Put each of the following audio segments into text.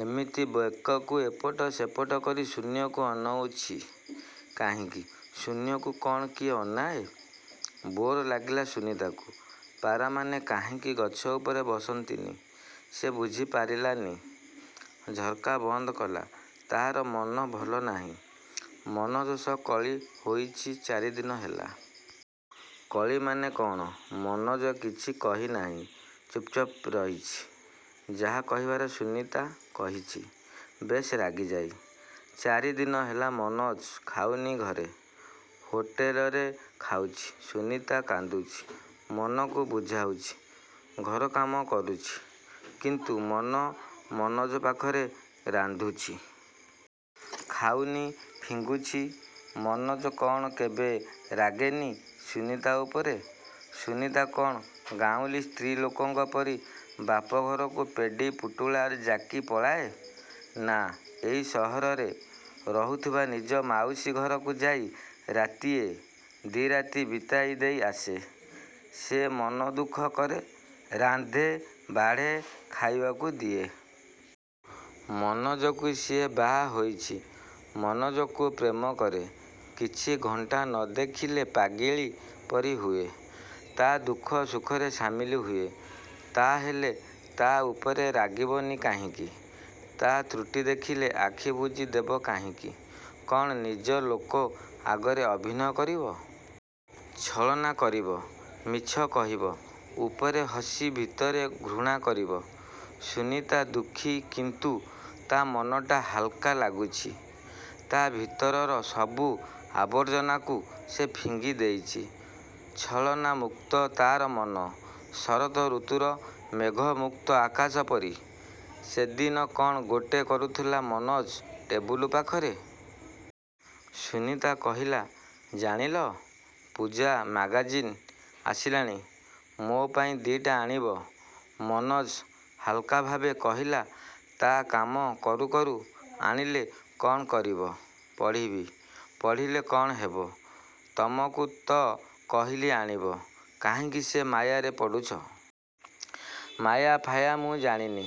ଏମିତି ବେକକୁ ଏପଟ ସେପଟ କରି ଶୂନ୍ୟକୁ ଅନଉଛି କାହିଁକି? ଶୂନ୍ୟକୁ କ'ଣ କିଏ ଅନାଏ! ବୋର୍ ଲାଗିଲା ସୁନୀତାକୁ। ପାରାମାନେ କାହିଁକି ଗଛ ଉପରେ ବସନ୍ତିନି, ସେ ବୁଝିପାରିଲାନି। ଝର୍କା ବନ୍ଦ କଲା। ତା'ର ମନ ଭଲନାହିଁ। ମନୋଜ ସହ କଳି ହୋଇଛି ଚାରିଦିନ ହେଲା। କଳିମାନେ କ'ଣ? ମନୋଜ କିଛି କହି ନାହିଁ। ଚୂପ୍ଚାପ୍ ରହିଛି। ଯାହା କହିବାର ସୁନୀତା କହିଛି ବେଶ୍ ରାଗିଯାଇ। ଚାରିଦିନ ହେଲା ମନୋଜ ଖାଉନି ଘରେ। ହୋଟେଲରେ ଖାଉଛି। ସୁନୀତା କାନ୍ଦୁଛି। ମନକୁ ବୁଝାଉଛି। ଘର କାମ କରୁଛି। କିନ୍ତୁ ମନ ମନୋଜ ପାଖରେ। ରାନ୍ଧୁଛି। ଖାଉନି। ଫିଙ୍ଗୁଛି। ମନୋଜ କ'ଣ କେବେ ରାଗେନି ସୁନୀତା ଉପରେ? ସୁନୀତା କ'ଣ ଗାଉଁଲି ସ୍ତ୍ରୀଲୋକଙ୍କ ପରି ବାପଘରକୁ ପେଡ଼ି ପୁଟୁଳା ଜାକି ପଳାଏ। ନା, ଏହି ସହରରେ ରହୁଥିବା ନିଜ ମାଉସୀ ଘରକୁ ଯାଇ ରାତିଏ, ଦି'ରାତି ବିତାଇ ଦେଇ ଆସେ। ସେ ମନ ଦୁଃଖ କରେ, ରାନ୍ଧେ, ବାଢ଼େ ଖାଇବାକୁ ଦିଏ। ମନୋଜକୁ ସିଏ ବାହା ହୋଇଛି। ମନୋଜକୁ ପ୍ରେମ କରେ। କିଛି ଘଣ୍ଟା ନ ଦେଖିଲେ ପାଗିଳୀ ପରି ହୁଏ। ତା'ଦୁଃଖ ସୁଖରେ ସାମିଲ ହୁଏ। ତା'ହାଲେ ତା' ଉପରେ ରାଗିବନି କହିଁକି? ତା' ତ୍ରୁଟି ଦେଖିଲେ ଆଖି ବୁଜି ଦେବ କାହିଁକି? କ'ଣ ନିଜ ଲୋକ ଆଗରେ ଅଭିନୟ କରିବ? ଛଳନା କରିବ? ମିଛ କହିବ? ଉପରେ ହସି ଭିତରେ ଘୃଣା କରିବ? ସୁନୀତା ଦୁଃଖୀ କିନ୍ତୁ ତା'ମନଟା ହାଲ୍କା ଲାଗୁଛି। ତା'ଭିତରର ସବୁ ଆର୍ବଜନାକୁ ସେ ଫିଙ୍ଗି ଦେଇଛି। ଛଳନା ମୁକ୍ତ ତା'ର ମନ, ଶରତ ଋତୁର ମେଘମୁକ୍ତ ଆକାଶ ପରି। ସେଦିନ କ'ଣ ଗୋଟେ କରୁଥିଲା ମନୋଜ ଟେବୁଲ ପାଖରେ। ସୁନୀତା କହିଲା, ''ଜାଣିଲ, ପୂଜା ମ୍ୟାଗାଜିନ୍ ଆସିଲାଣି। ମୋ ପାଇଁ ଦି'ଟା ଆଣିବ। '' ମନୋଜ ହାଲ୍କାଭାବେ କହିଲା ତା' କାମ କରୁ କରୁ ''ଆଣିଲେ କ'ଣ କରିବ? '' ''ପଢ଼ିବି। '' -''ପଢ଼ିଲେ କ'ଣ ହେବ? '' -''ତମକୁ ତ କହିଲି ଆଣିବ? '' -''କାହିଁକି ସେ ମାୟାରେ ପଡ଼ୁଛ? '' -''ମାୟା ଫାୟା ମୁଁ ଜାଣିନି।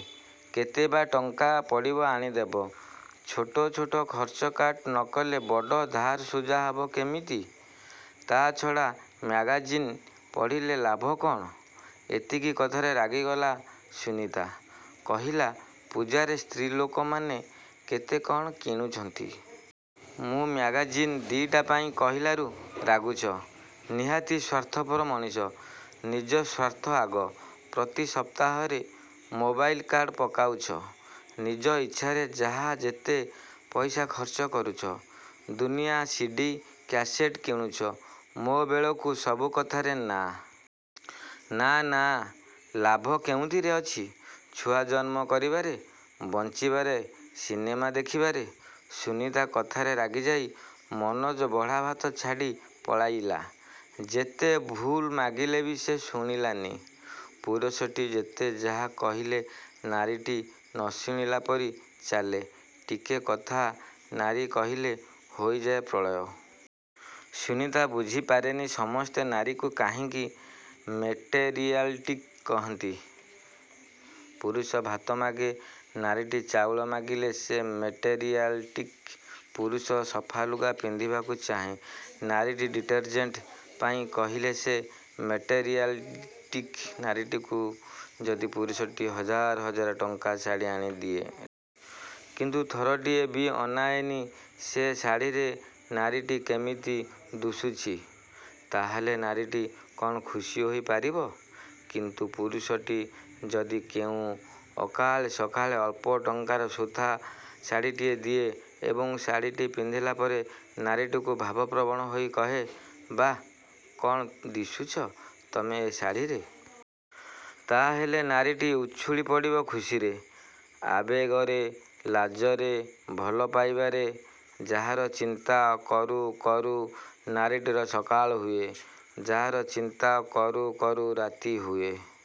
କେତେବା ଟଙ୍କା ପଡ଼ିବ ଆଣିଦେବ। '' -''ଛୋଟ ଛୋଟ ଖର୍ଚ୍ଚ କାଟ ନ କଲେ ବଡ଼ ଧାର ସୁଝା ହେବ କେମିତି। '' ''ତା'ଛଡ଼ା ମ୍ୟାଗାଜିନ୍ ପଢ଼ିଲେ ଲାଭ କ'ଣ? '' ଏତିକି କଥାରେ ରାଗିଗଲା ସୁନୀତା। କହିଲା, ''ପୂଜାରେ ସ୍ତ୍ରୀଲୋକମାନେ କେତେ କ'ଣ କିଣୁଛନ୍ତି। ମୁଁ ମ୍ୟାଗାଜିନ୍ ଦି'ଟା ପାଇଁ କହିଲାରୁ ରାଗୁଛ। ନିହାତି ସ୍ୱାର୍ଥପର ମଣିଷ। ନିଜ ସ୍ୱାର୍ଥ ଆଗ। ପ୍ରତି ସପ୍ତାହରେ ମୋବାଇଲ୍ କାର୍ଡ଼ ପକାଉଛ। ନିଜ ଇଚ୍ଛାରେ ଯାହା ଯେତେ ପଇସା ଖର୍ଚ୍ଚ କରୁଛ। ଦୁନିଆ ସିଡ଼ି, କ୍ୟାସେଟ୍ କିଣୁଛ। ମୋ ବେଳକୁ ସବୁ କଥାରେ ନା ନା ନା। ଲାଭ କେଉଁଥିରେ ଅଛି? ଛୁଆ ଜନ୍ମ କରିବାରେ, ବଂଚିବାରେ ସିନେମା ଦେଖିବାରେ। '' ସୁନୀତା କଥାରେ ରାଗିଯାଇ ମନୋଜ ବଢ଼ା ଭାତ ଛାଡ଼ି ପଳାଇଲା। ଯେତେ ଭୁଲ ମାଗିଲେ ବି ସେ ଶୁଣିଲାନି। ପୁରୁଷଟି ଯେତେ ଯାହା କହିଲେ ନାରୀଟି ନ ଶୁଣିଲା ପରି ଚାଲେ, ଟିକେ କଥା ନାରୀ କହିଲେ ହୋଇଯାଏ ପ୍ରଳୟ। ସୁନୀତା ବୁଝିପାରେନି ସମସ୍ତେ ନାରୀକୁ କାହିଁକି ମେଟେରିଆଲ୍ଷ୍ଟିକ୍ କହନ୍ତି। ପୁରୁଷ ଭାତ ମାଗେ, ନାରୀଟି ଚାଉଳ ମାଗିଲେ ସେ ମେଟେରିଆଲ୍ଷ୍ଟିକ୍। ପୁରୁଷ ସଫାଲୁଗା ପିନ୍ଧିବାକୁ ଚାହେଁ, ନାରୀଟି ଡିଟରଜେଣ୍ଟ ପାଇଁ କହିଲେ ସେ ମେଟେରିଆଲ୍ଷ୍ଟିକ୍! ନାରୀଟିକୁ ଯଦି ପୁରୁଷଟି ହଜାର ହଜାର ଟଙ୍କାର ଶାଢ଼ୀ ଆଣି ଦିଏ। କିନ୍ତୁ ଥରଟିଏ ବି ଅନାଏନି ସେ ଶାଢ଼ୀରେ ନାରୀଟି କେମିତି ଦୁଶୁଛି, ତା'ହେଲେ ନାରୀଟି କ'ଣ ଖୁସି ହୋଇ ପାରିବ! କିନ୍ତୁ ପୁରୁଷଟି ଯଦି କେଉଁ ଅକାଳେ ସକାଳେ ଅଳ୍ପ ଟଙ୍କାର ସୂତା ଶାଢ଼ୀଟିଏ ଦିଏ ଏବଂ ଶାଢ଼ିଟି ପିନ୍ଧିଲା ପରେ ନାରୀଟିକୁ ଭାବପ୍ରବଣ ହୋଇ କହେ, ''ବାଃ, କ'ଣ ଦିଶୁଛ ତମେ ଏ ଶାଢ଼ୀରେ! '' ତା'ହେଲେ ନାରୀଟି ଉଛୁଳି ପଡ଼ିବ ଖୁସିରେ, ଆବେଗରେ, ଲାଜରେ, ଭଲପାଇବାରେ। ଯାହାର ଚିନ୍ତା କରୁ କରୁ ନାରୀଟିର ସକାଳ ହୁଏ। ଯା'ର ଚିନ୍ତା କରୁ କରୁ ରାତି ହୁଏ।